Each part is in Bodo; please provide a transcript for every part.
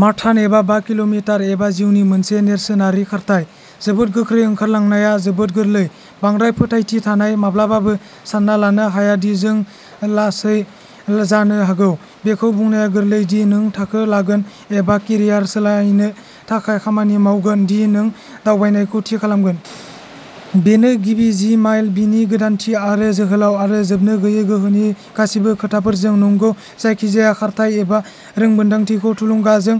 मारथान एबा बा किल' मिटार एबा जिउनि मोनसे नेरसोनारि खारथाय, जोबोद गोख्रै ओंखारलांनाया जोबोद गोरलै, बांद्राय फोथायथि थानाय माब्लाबाबो सानना लानो हाया दि जों लासै जानो हागौ। बेखौ बुंनाया गोरलै दि नों थाखो लागोन एबा केरियार सोलायनो थाखाय खामानि मावगोन दि नों दावबायनायखौ थि खालामगोन। बेनो गिबि जि माइल, बिनि गोदानथि आरो जोहोलाव आरो जोबनो गैयै गोहोनि गासिबो खोथाफोरजों। नंगौ, जायखिजाया खारथाइ एबा रोंमोनदांथिखौ थुलुंगाजों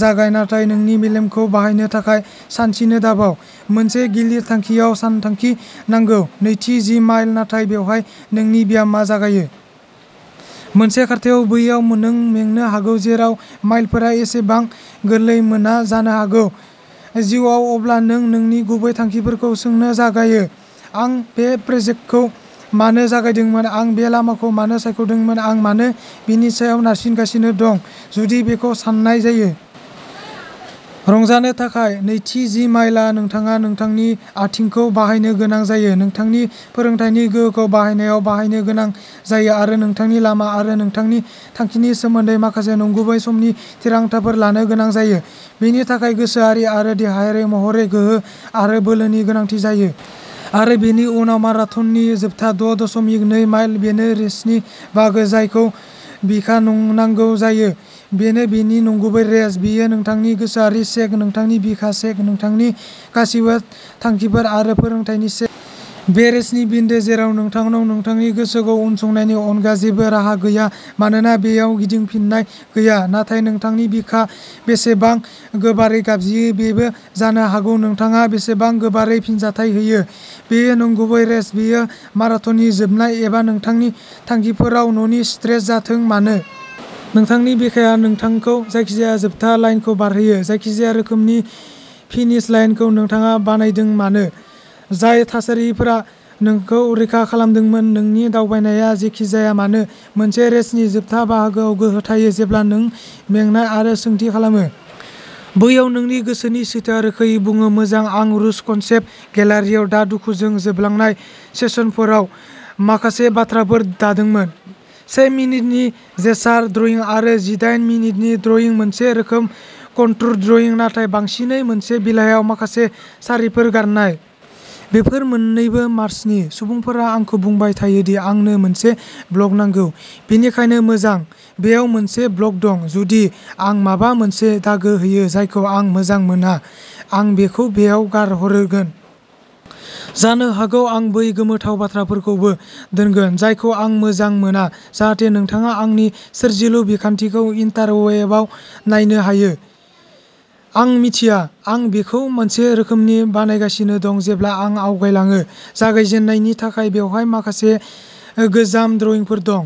जागाय नाथाय नोंनि मेलेमखौ बाहायनो थाखाय सानस्रिनो दाबाव। मोनसे गिलिर थांखिआव सानथांखि नांगौ। नैथि जि माइल, नाथाय बेवहाय नोंनि ब्यामआ जागायो। मोनसे खारथायाव, बैयाव नों मेंनो हागौ, जेराव माइलफोरा एसेबां गोरलै मोना जानो हागौ। जिउआव अब्ला नों नोंनि गुबै थांखिफोरखौ सोंनो जागायो। आं बे प्रजेक्टखौ मानो जागायदोंमोन? आं बे लामाखौ मानो सायख'दोंमोन? आं मानो बेनि सायाव नारसिनगासिनो दं जुदि बेखौ सान्नाय जायो। रंजानो थाखाय? नैथि जि माइलआव नोंथाङा नोंथांनि आथिंखौ बाहायनो गोनां जायो, नोंथांनि फोरोंथायनि गोहोखौ बाहायनायाव बाहायनो गोनां जायो आरो नोंथांनि लामा आरो नोंथांनि थांखिनि सोमोन्दै माखासे नंगुबै समनि थिरांथाफोर लानो गोनां जायो। बेनि थाखाय गोसोआरि आरो देहायारि महरै गोहो आरो बोलोनि गोनांथि जायो। आरो बेनि उनाव माराथननि जोबथा द' दशमिक नै माइल बेनो रेसनि बाहागो जायखौ बिखा नांगौ जायो। बेनो बेनि नंगुबै रेस। बेयो नोंथांनि गोसोआरि चेक नोंथांनि बिखा चेक नोंथांनि गासिबो थांखिफोर आरो फोरोंथायनि चेक। बे रेसनि बिन्दो जेराव नोंथांनाव नोंथांनि गोसोखौ उनसंनायनि अनगा जेबो राहा गैया मानोना बेयाव गिदिंफिननाय गैया। नाथाय नोंथांनि बिखाआ बेसेबां गोबारै गाबज्रियो बेबो जानो हागौ नोंथाङा बेसेबां गोबारै फिनजाथाय होयो। बेयो नंगुबै रेस, बेयो माराथननि जोबनाय एबा नोंथांनि थांखिफोराव न'नि स्ट्रेच जाथों मानो। नोंथांनि बिखाआ नोंथांखौ जायखिजाया जोबथा लाइनखौ बारहोयो। जायखिजाया रोखोमनि फिनिश लाइनखौ नोंथाङा बानायदों मानो। जाय थासारिफोरा नोंखौ रैखा खालामदोंमोन, नोंनि दावबायनाया जेखि जाया मानो, मोनसे रेसनि जोबथा बाहागोआव गोहो थायो, जेब्ला नों मेंनाय आरो सोंथि खालामो। बैयावनो नोंनि गोसोनि सैथोआ रोखायै बुङो। मोजां आं रुज कन्सेप्ट गेलारियाव दा दुखुजों जोबलांनाय सेसनफोराव माखासे बाथ्राफोर दादोंमोन। से मिनिटनि जेसचार ड्रइं आरो जिदायेन मिनिटनि ड्रइं मोनसे रोखोमनि कन्टुर ड्रइं नाथाय बांसिनै मोनसे बिलाइयाव माखासे सारिफोर गारनाय। बेफोर मोन्नैबो मार्च नि। सुबुंफोरा आंखौ बुंबाय थायो दि आंनो मोनसे ब्लग नांगौ। बेनिखायनो, मोजां। बेयाव मोनसे ब्लग दं। जुदि आं माबा मोनसे दागो होयो जायखौ आं मोजां मोना, आं बेखौ बेयाव गारहरगोन। जानो हागौ आं बै गोमोथाव बाथ्राखौबो दोनगोन जायखौ आं मोजां मोना जाहाथे नोंथाङा आंनि सोरजिलु बिखान्थिखौ इन्टारवेबाव नायनो हायो। आं मिथिया। आं बेखौ मोनसे रोखोमनि बानायगासिनो दं जेब्ला आं आवगायलाङो। जागायजेन्नायनि थाखाय बेवहाय माखासे गोजाम ड्रइंफोर दं।